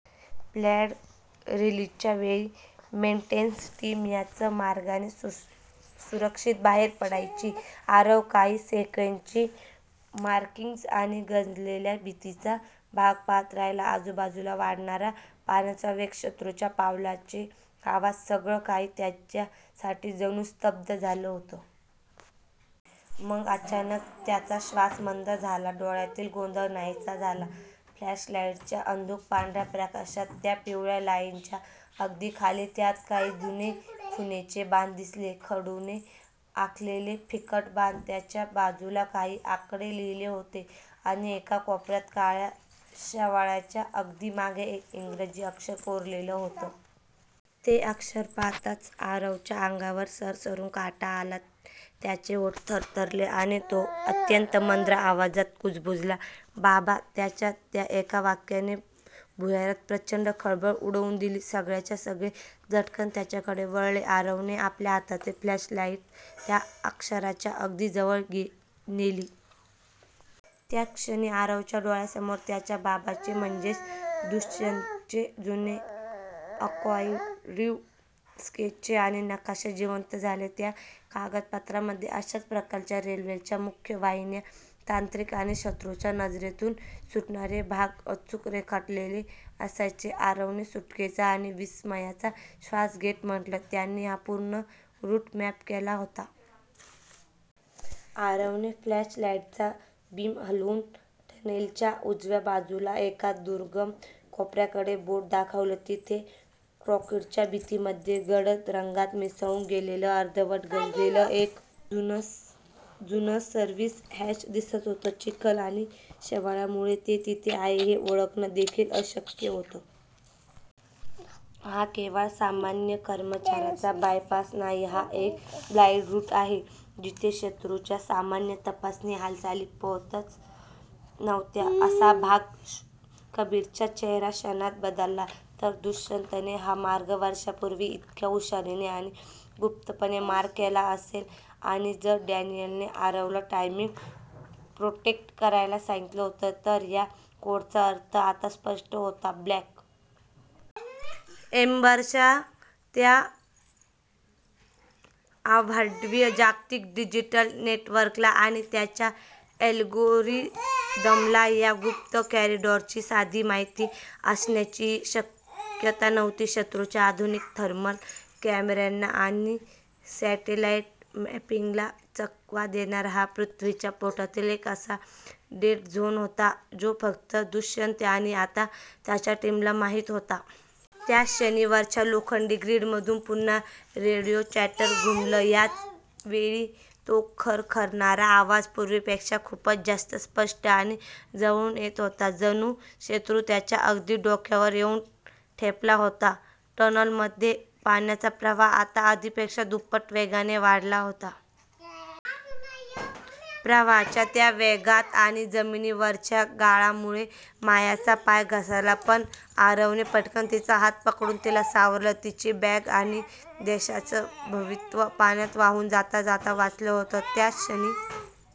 Flood रिलिजच्या वेळी maintenance team याच मार्गाने सुरक्षित बाहेर पडायची. आरव काही सेकंद ती मार्किंग्ज आणि गंजलेला भिंतीचा भाग पाहत राहिला. आजूबाजूला वाढणारा पाण्याचा वेग, शत्रूच्या पावलांचे आवाज सगळं काही त्याच्यासाठी जणू स्तब्ध झालं होतं. मग अचानक त्याचा श्वास मंद झाला, डोळ्यांतील गोंधळ नाहीसा झाला. फ्लॅशलाईटच्या अंधुक पांढऱ्या प्रकाशात, त्या पिवळ्या लाईनच्या अगदी खाली, त्याला काही जुने खुणेचे बाण दिसले. खडूने आखलेले फिकट बाण. त्याच्या बाजूला काही आकडे लिहिले होते आणि एका कोपऱ्यात, काळ्या शेवाळाच्या अगदी मागे एक इंग्रजी अक्षर कोरलेलं होतं. ते अक्षर पाहताच आरवच्या अंगावर सरसरून काटा आला. त्याचे ओठ थरथरले आणि तो अत्यंत मंद आवाजात कुजबुजला, "बाबा" त्याच्या या एका वाक्याने भुयारात प्रचंड खळबळ उडवून दिली. सगळेच्या सगळे झटकन त्याच्याकडे वळले. आरवने आपल्या हातातील फ्लॅशलाईट त्या अक्षराच्या अगदी जवळ नेली. त्याक्षणी आरवच्या डोळ्यांसमोर त्याच्या बाबांचे म्हणजेच दुष्यंतचे जुने आर्काइव्ह स्केचेस आणि नकाशे जिवंत झाले. त्या कागदपत्रांमध्ये अशाच प्रकारच्या रेल्वेच्या मुख्य वाहिन्या, तांत्रिक आणि शत्रूच्या नजरेतून सुटणारे भाग अचूक रेखाटलेले असायचे. आरवने सुटकेचा आणि विस्मयाचा श्वास घेत म्हटलं, "त्यांनी हा पूर्ण रूट मॅप केला होता. " आरवने फ्लॅशलाईटचा बीम हलवून टनेलच्या उजव्या बाजूच्या एका दुर्गम कोपऱ्याकडे बोट दाखवलं. तिथे काँक्रीटच्या भिंतीमध्येच गडद रंगात मिसळून गेलेलं, अर्धवट गंजलेलं एक जुनं सर्व्हिस हॅच दिसत होतं. चिखल आणि शेवाळामुळे ते तिथे आहे हे ओळखणं देखील अशक्य होतं. "हा केवळ सामान्य कर्मचाऱ्यांचा बायपास नाही, हा एक ब्लाईंड रूट आहे. जिथे शत्रूच्या सामान्य तपासणी हालचाली पोहोचतच नव्हत्या, असा भाग! " कबीरचा चेहरा क्षणात बदलला. जर दुष्यंतने हा मार्ग वर्षांपूर्वी इतक्या हुशारीने आणि गुप्तपणे मार्क केला असेल आणि जर डॅनियलने आरवला 'टायमिंग प्रोटेक्ट' करायला सांगितलं होतं, तर या कोडचा अर्थ आता स्पष्ट होता.'ब्लॅक एम्बर'च्या त्या अवाढव्य जागतिक डिजिटल नेटवर्कला आणि त्यांच्या अल्गोरिदमला या गुप्त कॉरिडॉरची साधी माहिती असण्याचीही शक्यता नव्हती. शत्रूच्या आधुनिक थर्मल कॅमेऱ्यांना आणि सॅटेलाईट मॅपिंगला चकवा देणारा हा पृथ्वीच्या पोटातील एक असा 'डेड झोन' होता, जो फक्त दुष्यंत आणि आता त्यांच्या टीमला माहीत होता. त्याच क्षणी वरच्या लोखंडी ग्रीडमधून पुन्हा रेडिओ चॅटर घुमलं. यावेळी तो खरखरणारा आवाज पूर्वीपेक्षा खूपच जास्त स्पष्ट आणि जवळून येत होता, जणू शत्रू त्यांच्या अगदी डोक्यावर येऊन ठेपला होता. टनलमध्ये पाण्याचा प्रवाह आता आधीपेक्षा दुप्पट वेगाने वाढला होता. प्रवाहाच्या त्या वेगात आणि जमिनीवरच्या गाळामुळे मायाचा पाय घसरला, पण आरवने पटकन तिचा हात पकडून तिला सावरलं. तिची बॅग आणि देशाचं भवितव्य पाण्यात वाहून जाता जाता वाचलं होतं. त्याच क्षणी